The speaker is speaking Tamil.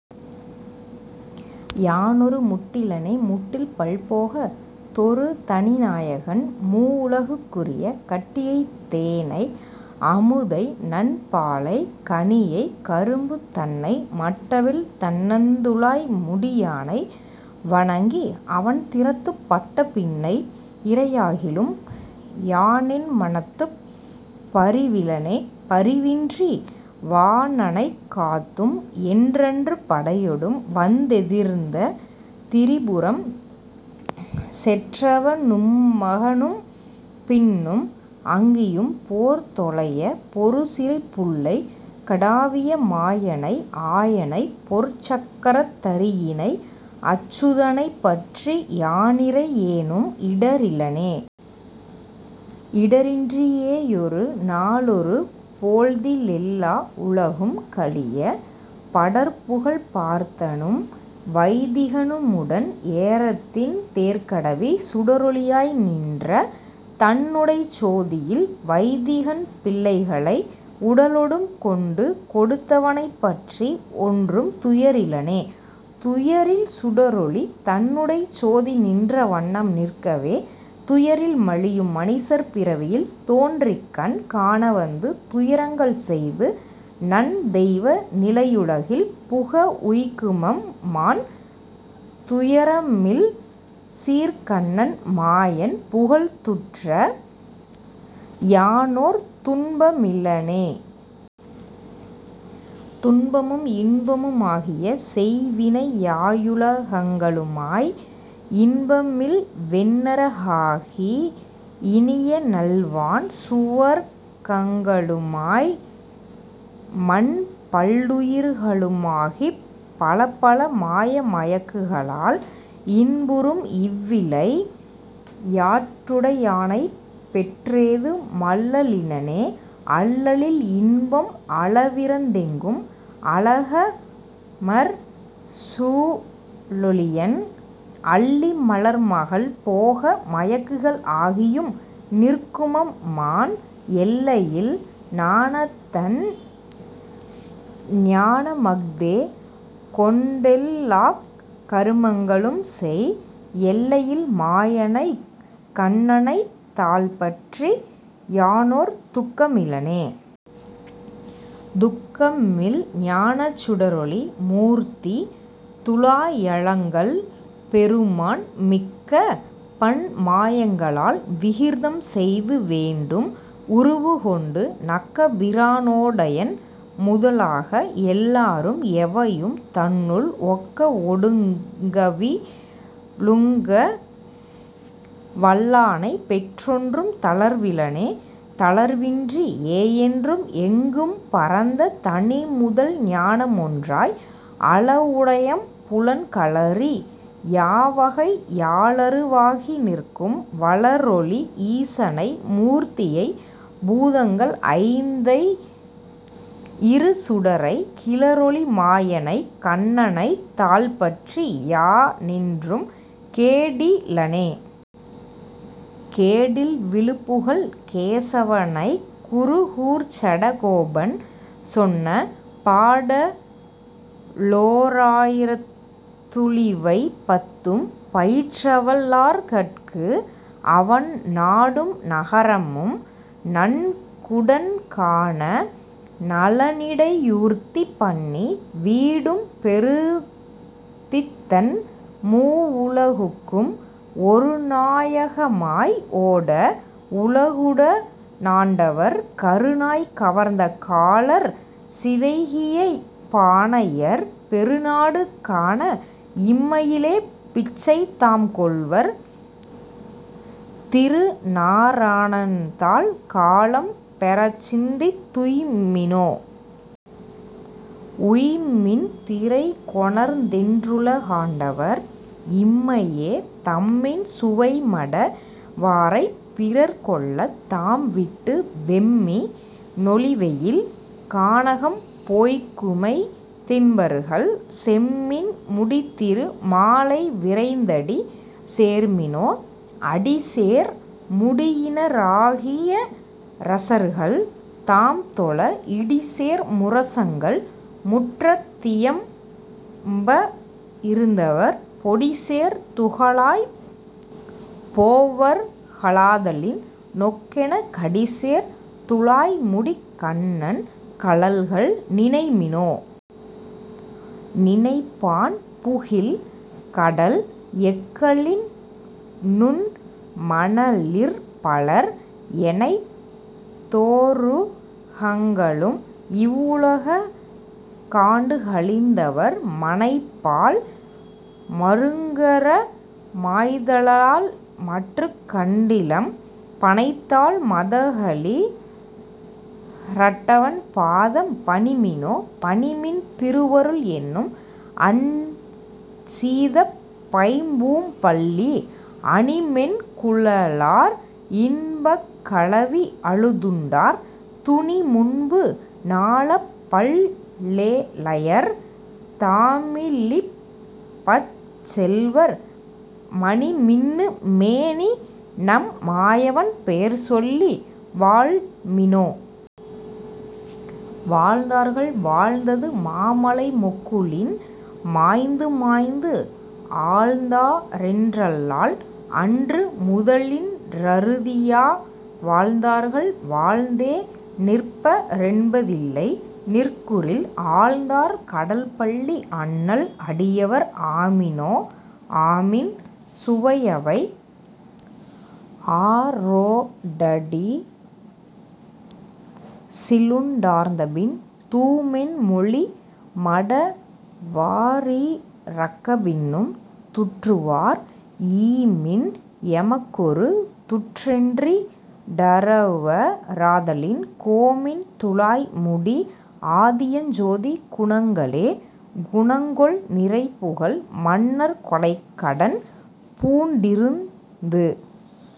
யானொரு முட்டிலனே.. முட்டில்பல் போகத் தொருதனி நாயகன் மூவுல குக்குரிய, கட்டியைத் தேனை அமுதைநன் பாலைக் கனியைக் கரும்புதன்னை, மட்டவிழ் தண்ணந்து ழாய்முடி யானை வணங்கி அவன்திறத்துப் பட்டபின் னை, இறை யாகிலும் யானென் மனத்துப் பரிவிலனே.. பரிவின்றி வாணனைக் காத்தும் என் றன்று படையொடும் வந்தெதிர்ந்த திரிபுரம் செற்றவ னும்மக னும்பின்னும் அங்கியும் போர்தொலைய, பொருசிறைப் புள்ளைக் கடாவிய மாயனை ஆயனைப் பொற்சக்கரத் தரியினை, அச்சுத னைப்பற்றி யானிறை யேனும் இடரிலனே.. இடரின்றி யேயொரு நாளொரு போழ்திலெல் லாவுல கும்கழிய, படர்ப்புகழ்ப் பார்த்தனும் வைதிக னுமுடன் ஏறத்திண் தேர்க்கடவி, சுடரொளி யாய்நின்ற தன்னுடைச் சோதியில் வைதிகன் பிள்ளைகளை, உடலொடும் கொண்டு கொடுத்தவ னைப்பற்றி ஒன்றும் துயரிலனே.. துயரில் சுடரொளி தன்னுடைச் சோதி நின்ற வண்ணம் நிற்கவே, துயரில் மலியும் மனிசர் பிறவியில் தோன்றிக்கண் காணவந்து, துயரங்கள் செய்து நன் தெய்வ நிலையுலகில் புக வுய்க்குமம்மான், துயரமில் சீர்க்கண்ணன் மாயன் புகழ்துற்ற யானோர்து ன்பமிலனே.. துன்பமும் இன்பமு மாகிய செய்வினை யாயுல கங்களுமாய், இன்பமில் வெந்நர காகி இனியநல் வான் சுவர்க் கங்களுமாய், மன்பல் லுயிர்களு மாகிப் பலபல மாய மயக்குகளால், இன்புரும் இவ்விளை யாட்டுடை யானைப்பெற் றேதுமல் லலிலனே.. அல்லலில் இன்பம் அளவிறந் தெங்கும் அழகமர் சூழொளியன், அல்லி மலர்மகள் போக மயக்குகள் ஆகியும் நிற்குமம்மான், எல்லையில் ஞானத்தன் ஞானமஃதேகொண்டெல் லாக்கரு மங்களும்செய், எல்லையில் மாயனைக் கண்ணனைத் தாள்பற்றி யானோர்துக் கமிலனே.. துக்கமில் ஞானச் சுடரொளி மூர்த்தி துழாயலங் கல்பெருமான், மிக்கபன் மாயங்க ளால்விகிர் தம்செய்து வேண்டும் உருவுகொண்டு, நக்கபி ரானோ டயன்முத லாகஎல் லாரும் எவையும், தன்னுள் ஒக்கவொ டுங்கவி ழுங்கவல் லானைப்பெற் றொன்றும் தளர்விலனே.. தளர்வின்றி யேயென்றும் எங்கும் பரந்த தனிமுதல் ஞானமொன்றாய், அளவுடை யைம்புலன் களறி யாவகை யாலரு வாகிநிற்கும், வளரொளி ஈசனை மூர்த்தியைப் பூதங்கள் ஐந்தை யிருசுடரை, கிளரொளி மாயனைக் கண்ணனைத் தாள்பற்றி யானென்றும் கேடிலனே. கேடில்வி ழுப்புகழ்க் கேசவ னைக்குரு கூர்ச்சட கோபன் சொன்ன, பாடலோ ராயிரத் துளிவை பத்தும் பயிற்றவல் லார்கட்கு, அவன் நாடும் நகரமும் நன்குடன் காண நலனிடை யூர்தி பண்ணி, வீடும்பெ றுத்தித்தன் மூவுல குக்கும் ஒருநா யகமாய் ஓட, வுலகுட னாண்டவர், கருநாய் கவர்ந்த காலர் சிதைகிய பானையர், பெருநாடு காண இம்மையிலேபிச்சை தாம்கொள்வர், திருநாரணன்தாள் காலம் பெறச்சிந்தித் துய்ம்மினோ.. உய்ம்மின் திறைகொணர்ந் தென்றுலகாண்டவர், இம்மையே தம்மின் சுவைமட வாரைப்பிறர் கொள்ளத் தாம்விட்டு வெம்மி னொளிவெயில் கானகம்போய்க்குமை தின்பர்கள், செம்மின் முடித்திரு மாலைவிரைந்தடி சேர்மினோ.. அடிசேர் முடியின ராகியரசர்கள் தாம்தொழ, இடிசேர் முரசங்கள் முற்றத்தியம்ப இருந்தவர், பொடிசேர் துகளாய்ப் போவர்களாதலின் நொக்கென கடிசேர் துழாய்முடிக் கண்ணன் கழல்கள் நினைமினோ.. நினைப்பான் புகில்கடல் எக்கலின் நுண்மண லிற்பலர், எனைத்தோ ருகங்களும் இவ்வுல காண்டு கழிந்தவர், மனைப்பால் மருங்கற மாய்தலல்லால்மற்றுக் கண்டிலம், பனைத்தாள் மதகளி றட்டவன் பாதம் பணிமினோ.. பணிமின் திருவருள் என்னும்அஞ்சீதப் பைம்பூம்பள்ளி, அணிமென் குழலார் இன்பக்கலவி அமுதுண்டார், துணிமுன்பு நாலப்பல் லேழையர் தாமிழிப் பச்செல்வர், மணிமின்னு மேனிநம் மாயவன் பேர்சொல்லி வாழ்மினோ.. வாழ்ந்தார்கள் வாழ்ந்தது மாமழை மொக்குளின் மாய்ந்துமாய்ந்து, ஆழ்ந்தாரென் றல்லால் அன்று முதலின் றறுதியா, வாழ்ந்தார்கள் வாழ்ந்தே நிற்பரென் பதில்லை நிற்குறில், ஆழ்ந்தார் கடல்பள்ளி அண்ணல் அடியவர் ஆமினோ.. ஆமின் சுவையவை ஆறொடடிசிலுண் டார்ந்தபின், தூமென் மொழிமட வாரிரக்கப்பின்னும் துற்றுவார், ஈமின் எமக்கொரு துற் றென்றிடறுவ ராதலின், கோமின் துழாய்முடி ஆதியஞ்சோதி குணங்களே.. குணங்கொள் நிறைபுகழ் மன்னர்க்கொடைக்கடன் பூண்டிருந்து,